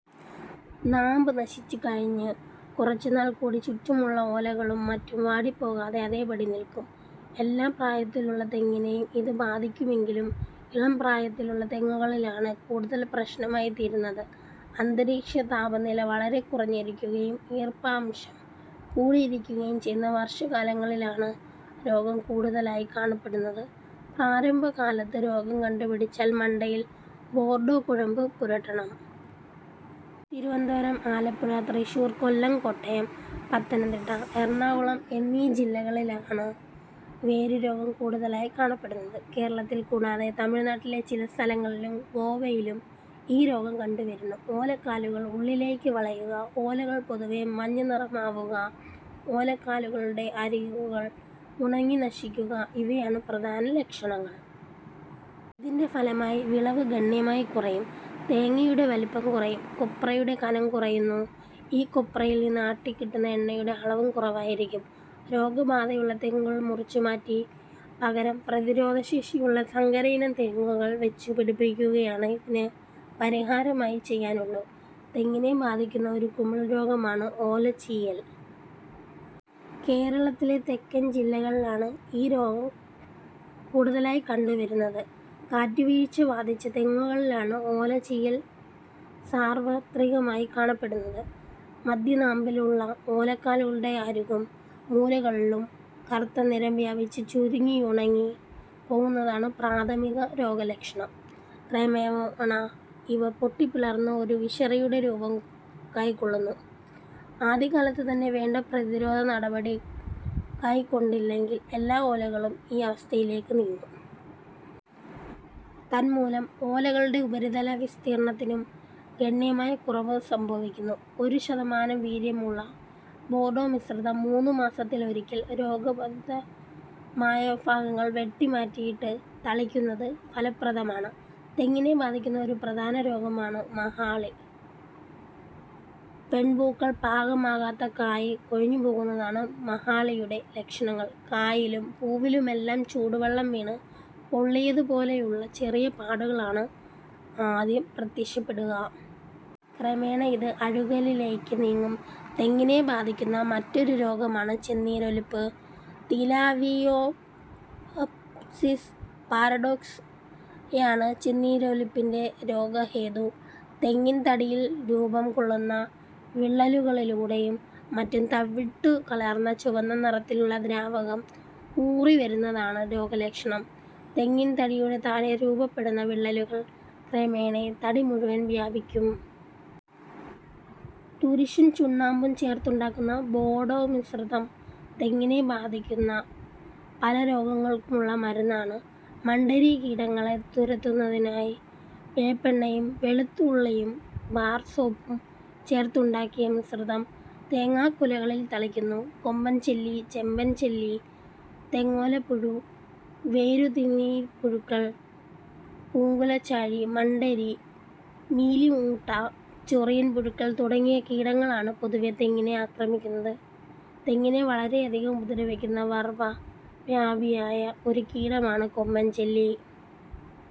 നാമ്പ് നശിച്ച് കഴിഞ്ഞു കുറച്ചുനാൾ കൂടി ചുറ്റുമുള്ള ഓലകളും മറ്റും വാടിപ്പോകാതെ അതേപടി നിൽക്കും. എല്ലാ പ്രായത്തിലുള്ള തെങ്ങിനേയും ഇത് ബാധിക്കുമെങ്കിലും ഇളംപ്രായത്തിലുള്ള തെങ്ങുകളിലാണ് കൂടുതൽ പ്രശ്നമായി തീരുന്നത്. അന്തരീക്ഷതാപനില വളരെ കുറഞ്ഞിരിയ്ക്കുകയും ഈർപ്പാംശം കൂടിയിരിക്കുകയും ചെയ്യുന്ന വർഷക്കാലങ്ങളിലാണ് രോഗം കൂടുതലായി കാണപ്പെടുന്നത്. പ്രാരംഭകാലത്ത് രോഗം കണ്ടുപിടിച്ചാൽ മണ്ടയിൽ ബോർഡോ കുഴമ്പ് പുരട്ടണം. തിരുവനന്തപുരം, ആലപ്പുഴ, തൃശ്ശൂർ, കൊല്ലം, കോട്ടയം, പത്തനംതിട്ട, എറണാകുളം എന്നീ ജില്ലകളിലാണ് വേരുരോഗം കൂടുതലായി കാണപ്പെടുന്നത്. കേരളത്തിൽ കൂടാതെ തമിഴ്നാടിലെ ചില സ്ഥലങ്ങളിലും, ഗോവയിലും ഈ രോഗം കണ്ടു വരുന്നു. ഓലക്കാലുകൾ ഉള്ളിലേയ്ക്ക് വളയുക, ഓലകൾ പൊതുവെ മഞ്ഞനിറമാവുക, ഓലക്കാലുകളുടെ അരികുകൾ ഉണങ്ങിനശിക്കുക ഇവയാണ് പ്രധാന ലക്ഷണങ്ങൾ. ഇതിന്റെ ഫലമായി വിളവ് ഗണ്യമായി കുറയും. തേങ്ങയുടെ വലിപ്പം കുറയുന്നു. കൊപ്രയുടെ കനം കുറയുന്നു. ഈ കൊപ്രയിൽ നിന്ന് ആട്ടിക്കിട്ടുന്ന എണ്ണയുടെ അളവും കുറവായിരിയ്ക്കും. രോഗബാധയുള്ള തെങ്ങുകൾ മുറിച്ച് മാറ്റി പകരം പ്രതിരോധശേഷിയുള്ള സങ്കരയിനം തെങ്ങുകൽ വച്ചു പിടിപ്പിക്കുകയാണ് ഇതിന് പരിഹാരമായി ചെയ്യാനുള്ളൂ. തെങ്ങിനെ ബാധിയ്ക്കുന്ന ഒരു കുമിൾ രോഗമാണ് ഓലചീയൽ. കേരളത്തിലെ തെക്കൻ ജില്ലകളിലാണ് ഈ രോഗം കൂടുതലായി കണ്ടുവരുന്നത്. കാറ്റുവീഴ്ച ബാധിച്ച തെങ്ങുകളിലാണ് ഓലചീയൽ സാർവ്വത്രികമായി കാണപ്പെടുന്നത്. മദ്ധ്യനാമ്പിലുള്ള ഓലക്കാലുകളുടെ അരികും മൂലകളിലും കറുത്തനിറം വ്യാപിച്ച് ചുരുങ്ങിയുണങ്ങി പോകുന്നതാണ് പ്രാഥമിക രോഗലക്ഷണം. ക്രമേണ ഇവ പൊട്ടിപ്പിളർന്നു ഒരു വിശറിയുടെ രൂപം കൈക്കൊള്ളുന്നു. ആദ്യകാലത്ത് തന്നെ വേണ്ട പ്രതിരോധനടപടി കൈക്കൊണ്ടില്ലെങ്കിൽ എല്ലാ ഓലകളും ഈ അവസ്ഥയിലേയ്ക്ക് നീങ്ങും. തന്മൂലം ഓലകളുടെ ഉപരിതല വിസ്തീർണ്ണത്തിനും ഗണ്യമായ കുറവ് സംഭവിക്കുന്നു. ഒരു ശതമാനം വീര്യമുള്ള ബോർഡോമിശ്രിതം മൂന്നുമാസത്തിലൊരിയ്ക്കൽ രോഗബാധിതമായ ഭാഗങ്ങൾ വെട്ടിമാറ്റിയിട്ട് തളിയ്ക്കുന്ന ഫലപ്രദമാണ്. തെങ്ങിനെ ബാധിയ്ക്കുന്ന ഒരു പ്രധാന രോഗമാണ് മഹാളി. പെൺപൂക്കൾ, പാകമാകാത്ത കായ് കൊഴിഞ്ഞുപോകുന്നതാണ് മഹാളിയുടെ ലക്ഷണങ്ങൾ. കായിലും പൂവിലുമെല്ലാം ചൂടുവെള്ളം വീണ് പൊള്ളിയത് പോലെയുള്ള ചെറിയ പാടുകളാണ് ആദ്യം പ്രത്യക്ഷപ്പെടുക. ക്രമേണ ഇത് അഴുകലിലേയ്ക്ക് നീങ്ങും. തെങ്ങിനെ ബാധിക്കുന്ന മറ്റൊരു രോഗമാണ് ചെന്നീരൊലിപ്പ്. തിലാവിയോപ്സിസ് പാരഡോക്സ് യാണ് ചെന്നീരൊലിപ്പിന്റെ രോഗഹേതു. തെങ്ങിൻ തടിയിൽ രൂപം കൊള്ളുന്ന വിള്ളലുകളിലൂടെയും മറ്റും തവിട്ടു കലർന്ന ചുവന്ന നിറത്തിലുള്ള ദ്രാവകം ഊറിവരുന്നതാണ് രോഗലക്ഷണം. തെങ്ങിൻ തടിയുടെ താഴെ രൂപപ്പെടുന്ന വിള്ളലുകൾ ക്രമേണ തടി മുഴുവൻ വ്യാപിക്കും. തുരിശും ചുണ്ണാമ്പും ചേർത്തുണ്ടാക്കുന്ന ബോഡോ മിശ്രിതം തെങ്ങിനെ ബാധിക്കുന്ന പല രോഗങ്ങൾക്കുമുള്ള മരുന്നാണ്. മണ്ഡരി കീടങ്ങളെ തുരത്തുന്നതിനായി വേപ്പെണ്ണയും വെളുത്തുള്ളിയും ബാർ സോപ്പും ചേർത്തുണ്ടാക്കിയ മിശ്രിതം തേങ്ങാക്കുലകളിൽ തളിക്കുന്നു. കൊമ്പൻ ചെല്ലി, ചെമ്പൻ ചെല്ലി, തെങ്ങോലപ്പുഴു, വേരുതീനിപ്പുഴുക്കൾ, പൂങ്കുലച്ചാഴി, മണ്ഡരി, മീലിമൂട്ട, ചൊറിയൻ പുഴുക്കൾ തുടങ്ങിയ കീടങ്ങളാണ് പൊതുവേ തെങ്ങിനെ ആക്രമിക്കുന്നത്. തെങ്ങിനെ വളരെയധികം ഉപദ്രവിക്കുന്ന വർവ്വ വ്യാപിയായ ഒരു കീടമാണ് കൊമ്പൻ ചെല്ലി.